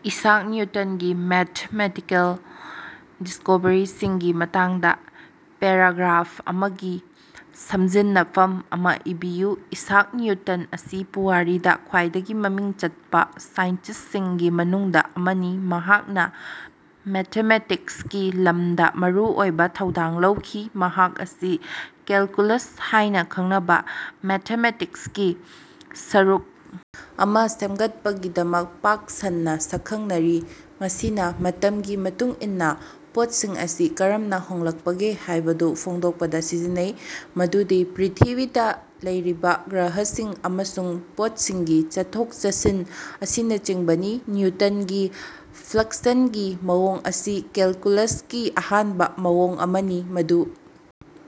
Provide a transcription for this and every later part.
Isaac ꯅꯤꯎꯇꯟꯒꯤ mathematical ꯗꯤꯁꯀꯣꯚꯔꯤꯁꯤꯡꯒꯤ ꯃꯇꯥꯡꯗ paragraph ꯑꯃꯒꯤ ꯁꯝꯖꯤꯟꯅꯐꯝ ꯑꯃ ꯏꯕꯤꯌꯨ꯫ ꯏꯁꯥꯛ ꯅꯤꯎꯇꯟ ꯑꯁꯤ ꯄꯨꯋꯥꯔꯤꯗ ꯈ꯭ꯋꯥꯏꯗꯒꯤ ꯃꯃꯤꯡ ꯆꯠꯄ ꯁꯥꯏꯟꯇꯤꯁꯁꯤꯡꯒꯤ ꯃꯅꯨꯡꯗ ꯑꯃꯅꯤ, ꯃꯍꯥꯛꯅ ꯃꯦꯊꯃꯦꯇꯤꯛꯁꯀꯤ ꯂꯝꯗ ꯃꯔꯨꯑꯣꯏꯕ ꯊꯧꯗꯥꯡ ꯂꯧꯈꯤ꯫ ꯃꯍꯥꯛ ꯑꯁꯤ ꯀꯦꯜꯀꯨꯂꯁ ꯍꯥꯏꯅ ꯈꯪꯅꯕ ꯃꯦꯊꯃꯦꯇꯤꯛꯁꯀꯤ ꯁꯔꯨꯛ ꯑꯃ ꯁꯦꯝꯒꯠꯄꯒꯤꯗꯃꯛ ꯄꯥꯛ ꯁꯟꯅ ꯁꯛꯈꯪꯅꯔꯤ, ꯃꯁꯤꯅ ꯃꯇꯝꯒꯤ ꯃꯇꯨꯡ ꯏꯟꯅ ꯄꯣꯠꯁꯤꯡ ꯑꯁꯤ ꯀꯔꯝꯅ ꯍꯣꯡꯂꯛꯄꯒꯦ ꯍꯥꯏꯕꯗꯨ ꯐꯣꯡꯗꯣꯛꯄꯗ ꯁꯤꯖꯤꯟꯅꯩ, ꯃꯗꯨꯗꯤ ꯄ꯭ꯔꯤꯊꯤꯕꯤꯗ ꯂꯩꯔꯤꯕ ꯒ꯭ꯔꯍꯁꯤꯡ ꯑꯃꯁꯨꯡ ꯄꯣꯠꯁꯤꯡꯒꯤ ꯆꯠꯊꯣꯛ-ꯆꯠꯁꯤꯟ ꯑꯁꯤꯅꯆꯤꯡꯕꯅꯤ꯫ ꯅꯤꯎꯇꯟꯒꯤ ꯐ꯭ꯂꯛꯁꯟꯒꯤ ꯃꯑꯣꯡ ꯑꯁꯤ ꯀꯦꯜꯀꯨꯂꯁꯀꯤ ꯑꯍꯥꯟꯕ ꯃꯑꯣꯡ ꯑꯃꯅꯤ ꯃꯗꯨ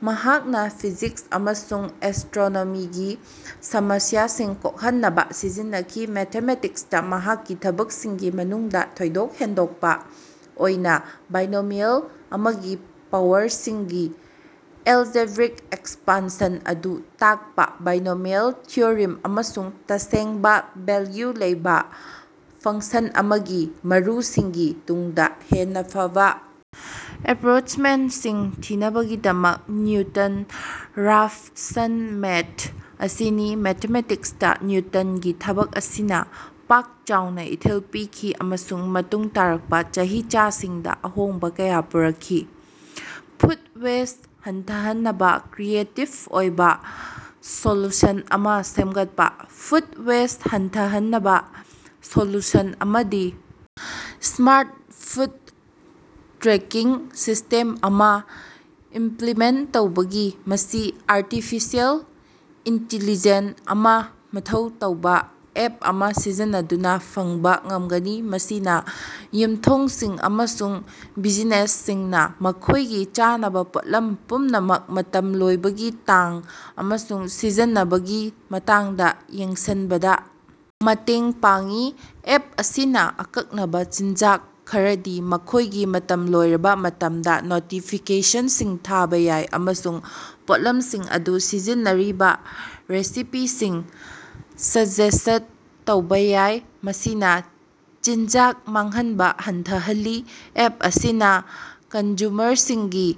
ꯃꯍꯥꯛꯅ ꯐꯤꯖꯤꯛꯁ ꯑꯃꯁꯨꯡ ꯑꯦꯁꯇ꯭ꯔꯣꯅꯣꯃꯤꯒꯤ ꯁꯃꯁ꯭ꯌꯥꯁꯤꯡ ꯀꯣꯛꯍꯟꯅꯕ ꯁꯤꯖꯤꯟꯅꯈꯤ꯫ ꯃꯦꯊꯃꯦꯇꯤꯛꯁꯇ ꯃꯍꯥꯛꯀꯤ ꯊꯕꯛꯁꯤꯡꯒꯤ ꯃꯅꯨꯡꯗ ꯊꯣꯏꯗꯣꯛ ꯍꯦꯟꯗꯣꯛꯄ ꯑꯣꯏꯅ ꯕꯥꯏꯅꯣꯃꯤꯑꯦꯜ ꯑꯃꯒꯤ ꯄꯥꯋꯔꯁꯤꯡꯒꯤ ꯑꯦꯜꯖꯦꯕ꯭ꯔꯤꯛ ꯑꯦꯛꯁꯄꯥꯟꯁꯟ ꯑꯗꯨ ꯇꯥꯛꯄ ꯕꯥꯏꯅꯣꯃꯤꯑꯦꯜ ꯊꯤꯑꯣꯔꯤꯝ ꯑꯃꯁꯨꯡ ꯇꯁꯦꯡꯕ ꯚꯦꯜꯌꯨ ꯂꯩꯕ ꯐꯪꯁꯟ ꯑꯃꯒꯤ ꯃꯔꯨꯁꯤꯡꯒꯤ ꯇꯨꯡꯗ ꯍꯦꯟꯅ ꯐꯕ ꯑꯦꯄ꯭ꯔꯣꯆꯃꯦꯟꯠꯁꯤꯡ ꯊꯤꯅꯕꯒꯤꯗꯃꯛ "ꯅꯤꯎꯇꯟ-ꯔꯥꯐꯁꯟ ꯃꯦꯊꯗ" ꯑꯁꯤꯅꯤ꯫ ꯃꯦꯊꯃꯦꯇꯤꯛꯁꯇ ꯅꯤꯎꯇꯟꯒꯤ ꯊꯕꯛ ꯑꯁꯤꯅ ꯄꯥꯛ ꯆꯥꯎꯅ ꯏꯊꯤꯜ ꯄꯤꯈꯤ ꯑꯃꯁꯨꯡ ꯃꯇꯨꯡ ꯇꯥꯔꯛꯄ ꯆꯍꯤꯆꯥꯁꯤꯡꯗ ꯑꯍꯣꯡꯕ ꯀꯌ ꯄꯨꯔꯛꯈꯤ꯫ ꯐꯨꯗ ꯋꯦꯁꯠ ꯍꯟꯊꯍꯟꯅꯕ ꯀ꯭ꯔꯤꯌꯦꯇꯤꯕ ꯑꯣꯏꯕ ꯁꯣꯂꯨꯁꯟ ꯑꯃ ꯁꯦꯝꯒꯠꯄ꯫ ꯐꯨꯗ ꯋꯦꯁꯠ ꯍꯟꯊꯍꯟꯅꯕ ꯁꯣꯂꯨꯁꯟ ꯑꯃꯗꯤ ꯁ꯭ꯃꯥꯔꯠ ꯐꯨꯗ ꯇ꯭ꯔꯦꯀꯤꯡ ꯁꯤꯁ꯭ꯇꯦꯝ ꯑꯃ ꯏꯝꯄ꯭ꯂꯤꯃꯦꯟꯠ ꯇꯧꯕꯅꯤ꯫ ꯃꯁꯤ ꯑꯥꯔꯇꯤꯐꯤꯁꯦꯜ ꯏꯟꯇꯤꯂꯤꯖꯦꯟꯠ ꯅ ꯃꯊꯧ ꯇꯧꯕ ꯑꯦꯞ ꯑꯃ ꯁꯤꯖꯤꯟꯅꯗꯨꯅ ꯐꯪꯕ ꯉꯝꯒꯅꯤ, ꯃꯁꯤꯅ ꯌꯨꯝꯊꯣꯡꯁꯤꯡ ꯑꯃꯁꯨꯡ ꯕꯤꯖꯤꯅꯦꯁꯁꯤꯡꯅ ꯃꯈꯣꯏꯒꯤ ꯆꯥꯅꯕ ꯄꯣꯠꯂꯝ ꯄꯨꯝꯅꯃꯛ, ꯃꯇꯝ ꯂꯣꯏꯕꯒꯤ ꯇꯥꯡ, ꯑꯃꯁꯨꯡ ꯁꯤꯖꯤꯟꯅꯕꯒꯤ ꯃꯇꯥꯡꯗ ꯌꯦꯡꯁꯤꯟꯕꯗ ꯃꯇꯦꯡ ꯄꯥꯡꯏ꯫ ꯑꯦꯞ ꯑꯁꯤꯅ ꯑꯀꯛꯅꯕ ꯆꯤꯟꯖꯥꯛ ꯈꯔꯗꯤ ꯃꯈꯣꯏꯒꯤ ꯃꯇꯝ ꯂꯣꯏꯔꯕ ꯃꯇꯝꯗ ꯅꯣꯇꯤꯐꯤꯀꯦꯁꯟꯁꯤꯡ ꯊꯥꯕ ꯌꯥꯏ ꯑꯃꯁꯨꯡ ꯄꯣꯠꯂꯝꯁꯤꯡ ꯑꯗꯨ ꯁꯤꯖꯤꯟꯅꯔꯤꯕ ꯔꯦꯁꯤꯄꯤꯁꯤꯡ ꯁꯖꯦꯁꯠ ꯇꯧꯕ ꯌꯥꯏ, ꯃꯁꯤꯅ ꯆꯤꯟꯖꯥꯛ ꯃꯥꯡꯍꯟꯕ ꯍꯟꯊꯍꯜꯂꯤ꯫ ꯑꯦꯞ ꯑꯁꯤꯅ ꯀꯟꯖꯨꯃꯔꯁꯤꯡꯒꯤ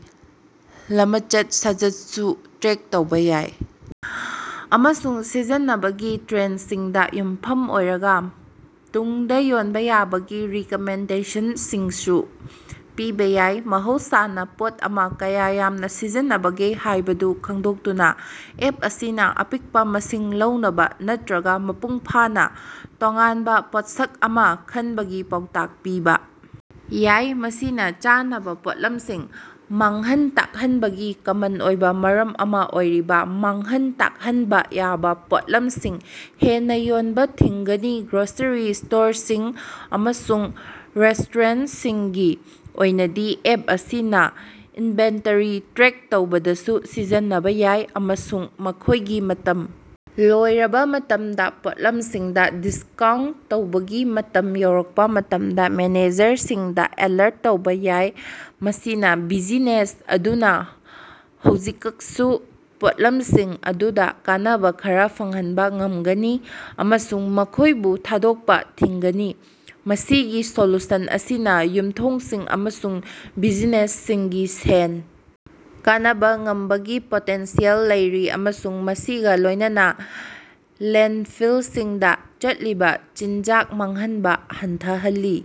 ꯂꯃꯆꯠ-ꯁꯥꯖꯠꯁꯨ ꯇ꯭ꯔꯦꯛ ꯇꯧꯕ ꯌꯥꯏ ꯑꯃꯁꯨꯡ ꯁꯤꯖꯤꯟꯅꯕꯒꯤ ꯇ꯭ꯔꯦꯟꯗꯁꯤꯡꯗ ꯌꯨꯝꯐꯝ ꯑꯣꯏꯔꯒ ꯇꯨꯡꯗ ꯌꯣꯟꯕ ꯌꯥꯕꯒꯤ ꯔꯤꯀꯃꯦꯟꯗꯦꯁꯟꯁꯤꯡꯁꯨ ꯄꯤꯕ ꯌꯥꯏ꯫ ꯃꯍꯧꯁꯥꯅ ꯄꯣꯠ ꯑꯃ ꯀꯌꯥ ꯌꯥꯝꯅ ꯁꯤꯖꯤꯟꯅꯕꯒꯦ ꯍꯥꯏꯕꯗꯨ ꯈꯪꯗꯣꯛꯇꯨꯅ ꯑꯦꯞ ꯑꯁꯤꯅ ꯑꯄꯤꯛꯄ ꯃꯁꯤꯡ ꯂꯧꯅꯕ ꯅꯠꯇ꯭ꯔꯒ ꯃꯄꯨꯡ ꯐꯥꯅ ꯇꯣꯉꯥꯟꯕ ꯄꯣꯠꯁꯛ ꯑꯃ ꯈꯟꯕꯒꯤ ꯄꯥꯎꯇꯥꯛ ꯄꯤꯕ ꯌꯥꯏ꯫ ꯃꯁꯤꯅ ꯆꯥꯅꯕ ꯄꯣꯠꯂꯝꯁꯤꯡ ꯃꯥꯡꯍꯟ ꯇꯥꯛꯍꯟꯕꯒꯤ ꯀꯃꯟ ꯑꯣꯏꯕ ꯃꯔꯝ ꯑꯃ ꯑꯣꯏꯔꯤꯕ ꯃꯥꯡꯍꯟ ꯇꯥꯛꯍꯟꯕ ꯌꯥꯕ ꯄꯣꯠꯂꯝꯁꯤꯡ ꯍꯦꯟꯅ ꯌꯣꯟꯕ ꯊꯤꯡꯒꯅꯤ꯫ ꯒ꯭ꯔꯣꯁꯔꯤ ꯁ꯭ꯇꯣꯔꯁꯤꯡ ꯑꯃꯁꯨꯡ ꯔꯦꯁꯇꯣꯔꯦꯟꯠꯁꯤꯡꯒꯤ ꯑꯣꯏꯅꯗꯤ, ꯑꯦꯞ ꯑꯁꯤꯅ ꯏꯟꯚꯦꯟꯇꯔꯤ ꯇ꯭ꯔꯦꯛ ꯇꯧꯕꯗꯁꯨ ꯁꯤꯖꯤꯟꯅꯕ ꯌꯥꯏ ꯑꯃꯁꯨꯡ ꯃꯈꯣꯏꯒꯤ ꯃꯇꯝ ꯂꯣꯏꯔꯕ ꯃꯇꯝꯗ ꯄꯣꯠꯂꯝꯁꯤꯡꯗ ꯗꯤꯁꯀꯥꯎꯟꯠ ꯇꯧꯕꯒꯤ ꯃꯇꯝ ꯌꯧꯔꯛꯄ ꯃꯇꯝꯗ ꯃꯦꯅꯦꯖꯔꯁꯤꯡꯗ ꯑꯦꯂꯔꯠ ꯇꯧꯕ ꯌꯥꯏ꯫ ꯃꯁꯤꯅ ꯕꯤꯖꯤꯅꯦꯁ ꯑꯗꯨꯅ ꯍꯧꯖꯤꯀꯛꯁꯨ ꯄꯣꯠꯂꯝꯁꯤꯡ ꯑꯗꯨꯗ ꯀꯥꯟꯅꯕ ꯈꯔ ꯐꯪꯍꯟꯕ ꯉꯝꯒꯅꯤ ꯑꯃꯁꯨꯡ ꯃꯈꯣꯏꯕꯨ ꯊꯥꯗꯣꯛꯄ ꯊꯤꯡꯒꯅꯤ꯫ ꯃꯁꯤꯒꯤ ꯁꯣꯂꯨꯁꯟ ꯑꯁꯤꯅ ꯌꯨꯝꯊꯣꯡꯁꯤꯡ ꯑꯃꯁꯨꯡ ꯕꯤꯖꯤꯅꯦꯁꯁꯤꯡꯒꯤ ꯁꯦꯟ ꯀꯅꯕ ꯉꯝꯕꯒꯤ ꯄꯣꯇꯦꯟꯁꯤꯌꯦꯜ ꯂꯩꯔꯤ ꯑꯃꯁꯨꯡ ꯃꯁꯤꯒ ꯂꯣꯏꯅꯅ ꯂꯦꯟꯐꯤꯜꯁꯤꯡꯗ ꯆꯠꯂꯤꯕ ꯆꯤꯟꯖꯥꯛ ꯃꯥꯡꯍꯟꯕ ꯍꯟꯊꯍꯜꯂꯤ꯫